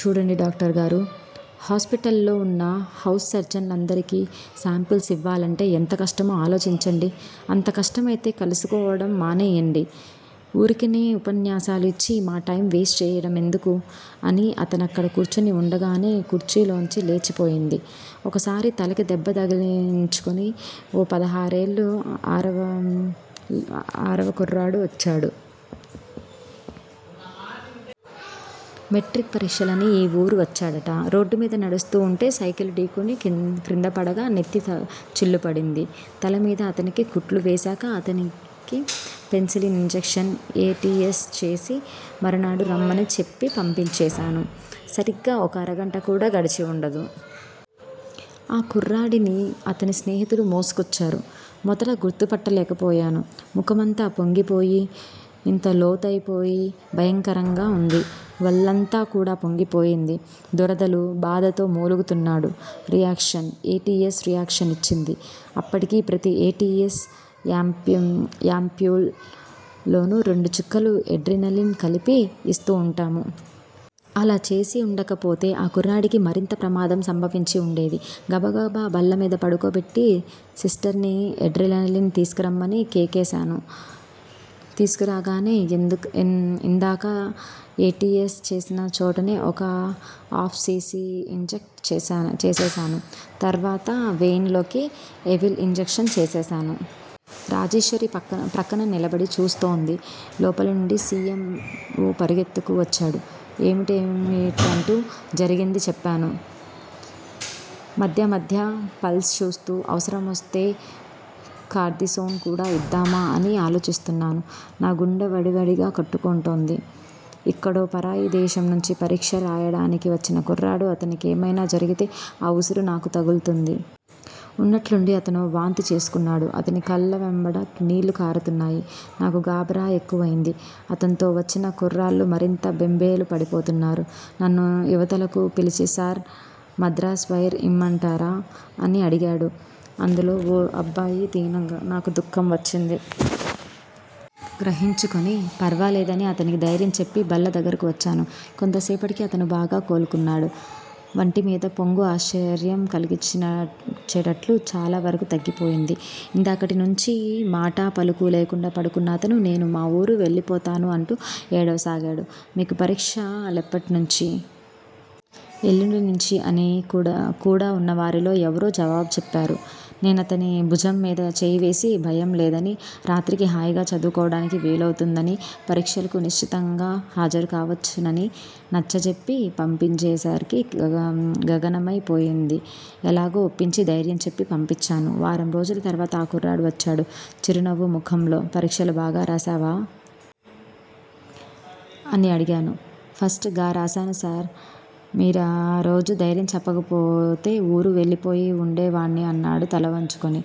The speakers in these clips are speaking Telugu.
చూడండి డాక్టరుగారూ! హాస్పిటల్లో వున్న హౌస్ సర్జన్లందరికీ శాంపిల్స్ ఇవ్వాలంటే ఎంత కష్టమో ఆలోచించండి. అంత కష్టమైతే కలుసుకోవటం మానేయ్యండి. ఊరికినే ఉపన్యాసాలు ఇచ్చి మా టైమ్ వేస్ట్ చేయటమెందుకు? అని, అతనక్కడ కూర్చుని వుండగానే కుర్చీలోంచి లేచిపోయింది. ఒకసారి తలకి దెబ్బ తగిలించుకుని ఓ పదహారేళ్ళ అరవ కుర్రాడు వచ్చాడు. మెట్రిక్ పరీక్షలకని ఈ ఊరు వచ్చాడట రోడ్డు మీద నడుస్తూ వుంటే సైకిలు ఢీకొని క్రిందపడగా నెత్తి చిల్లుపడింది. తలమీద అతనికి కుట్లు వేశాక అతనికి penicillin injection, A. T. S. చేసి మరునాడు రమ్మని చెప్పి పంపించేశాను. సరిగ్గా ఒక అరగంట కూడా గడిచి వుండదు. ఆ కుర్రాడిని అతని స్నేహితులు మోసుకొచ్చారు. మొదట గుర్తుపట్టలేకపోయాను. ముఖమంతా పొంగిపోయి, ఇంతలోతైపోయి భయంకరంగా వుంది. వళ్ళంతా కూడా పొంగిపోయింది. దురదలు, బాధతో మూలుగుతున్నాడు. Reaction! A. T. S. Reaction ఇచ్చింది. అప్పటికి ప్రతి ఎ. టి. ఎస్. యాంప్యూల్ లోనూ రెండు చుక్కలు ఎడ్రినలిన్ కలిపి ఇస్తూ వుంటాము. అలా చేసివుండకపోతే ఆ కుర్రాడికి మరింత ప్రమాదం సంభవించి వుండేది. గబగబ బల్లమీద పడుకోబెట్టి సిస్టర్ని ఎడ్రినలిన్ తీసుకురమ్మని కేకేశాను. తీసుకురాగానే ఇందాక ఎ. టి. ఎస్. చేసిన చోటనే ఒక ఆఫ్ సి. సి. ఇంజక్ట్ చేసేశాను. తర్వాత వెయిన్ లోకి ఎవిల్ ఇంజక్షన్ చేసేశాను. రాజేశ్వరి ప్రక్కన నిలబడి చూస్తోంది లోపలినుండి సి. ఎమ్. ఓ. పరిగెత్తుకు వచ్చాడు, ఏమిటేమిటంటూ జరిగింది చెప్పాను. మధ్య మధ్య పల్స్ చూస్తూ, అవసరమొస్తే కార్దిసోన్ కూడా ఇద్దామా అని ఆలోచిస్తున్నాను. నా గుండె వడి వడిగా కొట్టుకుంటోంది. ఎక్కడో పరాయి దేశం నుంచి పరీక్ష రాయటానికి వచ్చిన కుర్రాడు, అతనికేమైనా జరిగితే ఆ ఉసురు నాకు తగుల్తుంది. ఉన్నట్లుండి అతనో వాంతి చేసుకున్నాడు. అతని కళ్ళ వెంబడి నీళ్ళు కారుతున్నాయి. నాకు గాబరా ఎక్కువయింది. అతన్తో వచ్చిన కుర్రాళ్ళు మరింత బెంబేలు పడిపోతున్నారు. నన్ను ఇవతలకు పిలిచి సార్! మద్రాస్ వైర్ ఇమ్మంటారా అని అడిగాడు అందులో ఓ అబ్బాయి, దీనంగా. నాకు దుఃఖం వచ్చింది. నిగ్రహించుకుని, పర్వాలేదని అతనికి ధైర్యం చెప్పి బల్ల దగ్గరకు వచ్చాను. కొంతసేపటికి అతను బాగా కోలుకున్నాడు. వంటిమీద పొంగు ఆశ్చర్యం కలిగించేటట్లు చాలా వరకూ తగ్గిపోయింది. ఇందాకటి నుంచీ మాటా పలుకూ లేకుండా పడుకున్న అతను నేను మా ఊరు వెళ్ళిపోతాను అంటూ ఏడవసాగాడు. మీకు పరీక్ష లెప్పట్నుంచి? ఎల్లుండి నుంచి అని కూడా వున్నవారిలో ఎవరో జవాబు చెప్పారు. నేనతని భుజంమీద చేయివేసి భయంలేదనీ, రాత్రికి హాయిగా చదువుకోవటానికి వీలవుతుందనీ, పరీక్షలకు నిశ్చింతగా హాజరు కావచ్చుననీ నచ్చజెప్పి పప్పించేసరికి గగనమై పోయింది ఎలాగో ఒప్పించి ధైర్యం చెప్పి పంపించాను. వారంరోజుల తర్వాత ఆ కుర్రాడు వచ్చాడు, చిరునవ్వు ముఖంతో పరీక్షలు బాగా రాశావా? అని అడిగాను. ఫస్ట్ గా రాశాను సార్! మీరారోజు ధైర్యం చెప్పకపోతే ఊరు వెళ్ళిపోయి వుండేవాణ్ని అన్నాడు తల వంచుకుని,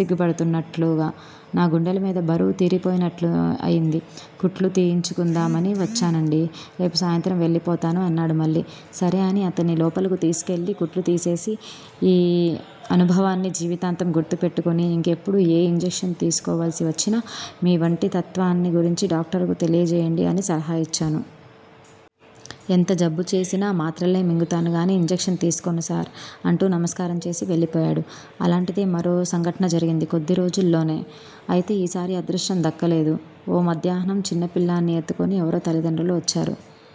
సిగ్గుపడుతూన్నట్లుగా. నా గుండెలమీద బరువు తీరిపోయినట్లయింది. కుట్లు తీయించుకుందామని వచ్చానండీ. రేపు సాయంత్రం వెళ్ళిపోతాను అన్నాడు మళ్ళీ. సరే అని అతన్ని లోపలకు తీసుకువెళ్ళి కుట్లు తీసేసి ఈ అనుభవాన్ని జీవితాంతం గుర్తు పెట్టుకుని, ఇంకెప్పుడూ ఏ ఇంజక్షన్ తీసుకోవలసి వచ్చినా మీ వంటి తత్వాన్ని గురించి డాక్టరుకు తెలియజేయండి అని సలహా ఇచ్చాను. ఎంత జబ్బుచేసినా మాత్రలే మింగుతాను గాని ఇంజక్షన్ తీసుకోను సార్! అంటూ నమస్కారం చేసి, వెళ్ళిపోయాడు. అలాంటిదే మరో సంఘటన జరిగింది, కొద్ది రోజుల్లోనే. అయితే ఈసారి అదృష్టం దక్కలేదు. ఓ మధ్యాహ్నం చిన్నపిల్లాణ్ని ఎత్తుకుని ఎవరో తల్లిదండ్రులు వచ్చారు.